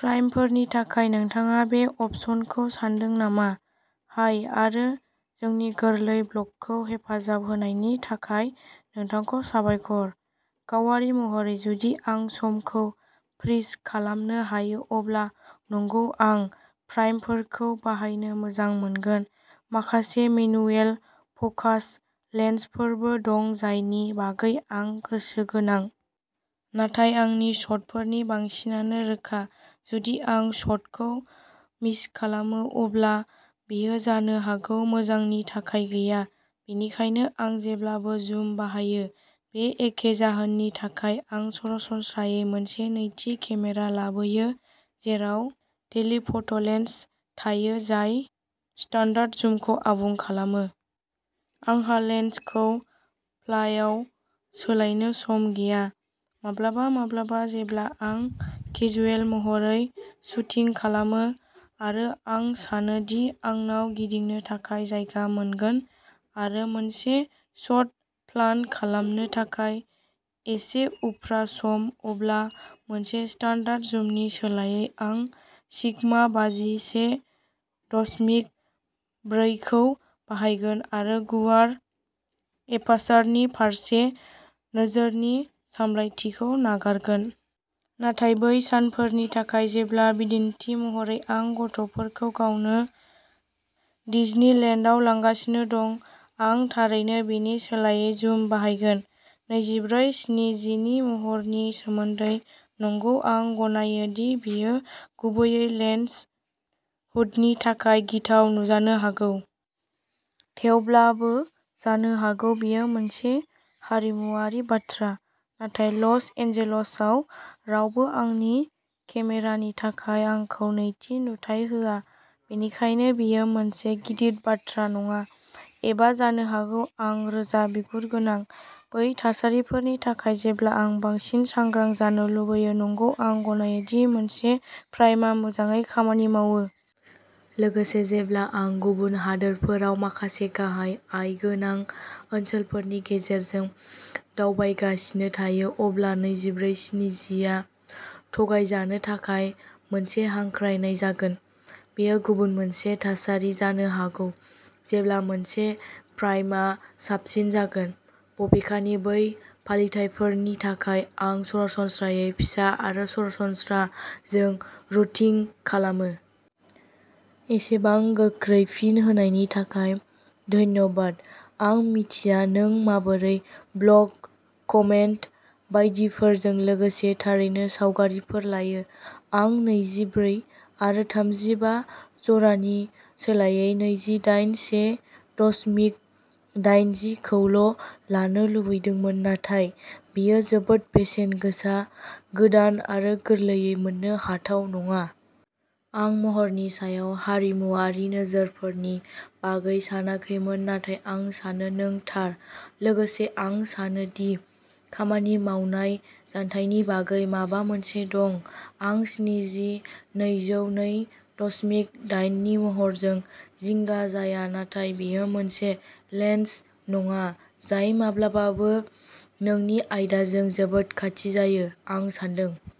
प्राइमफोरनि थाखाय नोंथाङा बे अपसनखौ सानदों नामा? हाय आरो जोंनि गोरलै ब्लगखौ हेफाजाब होनायनि थाखाय नोंथांखौ साबायखर! गावारि महरै जुदि आं समखौ फ्रिज खालामनो हायो अब्ला नंगौ आं प्राइमफोरखौ बाहायनो मोजां मोनगोन। माखासे मेनुएल फ'कास लेन्सफोरबो दं जायनि बागै आं गोसोगोनां। नाथाय आंनि शटफोरनि बांसिनानो रोखा। जुदि आं शटखौ मिस खालामो, अब्ला बियो जानो हागौ मोजांनि थाखाय गैया। बिनिखायनो आं जेब्लाबो जुम बाहायो। बे एखे जाहोननि थाखाय, आं सरासनस्रायै मोनसे नैथि केमेरा लाबोयो जेराव टेलिफ'ट'लेन्स थायो जाय स्टान्डार्ड जुमखौ आबुं खालामो। आंहा लेन्सखौ फ्लायाव सोलायनो सम गैया। माब्लाबा माब्लाबा, जेब्ला आं केजुयेल महरै शुटिं खालामो आरो आं सानो दि आंनाव गिदिंनो थाखाय जायगा मोनगोन आरो मोनसे शट प्लान खालामनो थाखाय एसे उफ्रा सम, अब्ला मोनसे स्टान्डार्ड जुमनि सोलायै आं सिगमा बाजि से दसमिक ब्रैखौ बाहायगोन आरो गुवार एपार्सारनि फारसे नोजोरनि सामलायथिखौ नागारगोन। नाथाय बै सानफोरनि थाखाय जेब्ला बिदिन्थि महरै आं गथ'फोरखौ गावनो डिजनिलेन्डआव लांगासिनो दं आं थारैनो बेनि सोलायै जुम बाहायगोन। नैजिब्रै स्निजिनि महरनि सोमोन्दै, नंगौ आं गनायो दि बियो गुबैयै लेन्स हुडनि थाखाय गिथाव नुजानो हागौ। थेवब्लाबो, जानो हागौ बियो मोनसे हारिमुआरि बाथ्रा, नाथाय लस एन्जेल्सआव रावबो आंनि केमेरानि थाखाय आंखौ नैथि नुथाय होआ, बिनिखायनो बेयो मोनसे गिदिर बाथ्रा नङा। एबा जानो हागौ आं रोजा बिगुर गोनां। बै थासारिफोरनि थाखाय जेब्ला आं बांसिन सांग्रां जानो लुबैयो, नंगौ आं गनायो दि मोनसे प्राइमआ मोजाङै खामानि मावो। लोगोसे, जेब्ला आं गुबुन हादोरफोराव माखासे गाहाय आय गोनां ओनसोलफोरनि गेजेरजों दावबायगासिनो थायो, अब्ला नैजिब्रै स्निजिआ थगायजानो थाखाय मोनसे हांख्रायनाय जागोन। बेयो गुबुन मोनसे थासारि जानो हागौ जेब्ला मोनसे प्राइमआ साबसिन जागोन। बबेखानि बै फालिथायफोरनि थाखाय, आं सरासनस्रायै फिसा आरो सरासनस्रा जों रुटिं खालामो। एसेबां गोख्रै फिन होनायनि थाखाय धन्यबाद आं मिथिया नों माबोरै ब्लग, कमेन्ट बायदिफोरजों लोगोसे थारैनो सावगारिफोर लायो! आं नैजि ब्रै आरो थामजि बा जरानि सोलायै नैजि दाइन से दसमिक दाइनजि खौल' लानो लुबैदोंमोन नाथाय बियो जोबोद बेसेन गोसा गोदान आरो गोरलैयै मोननो हाथाव नङा। आं महरनि सायाव हारिमुआरि नोजोरफोरनि बागै सानाखैमोन नाथाय आं सानो नों थार। लोगोसे आं सानो दि खामानि मावनाय जानथायनि बागै माबा मोनसे दं आं स्निजि नैजौ नै दसमिक दाइननि महरजों जिंगा जाया नाथाय बेयो मोनसे लेन्स नङा जाय माब्लाबाबो नोंनि आयदाजों जोबोद खाथि जायो। आं सान्दों।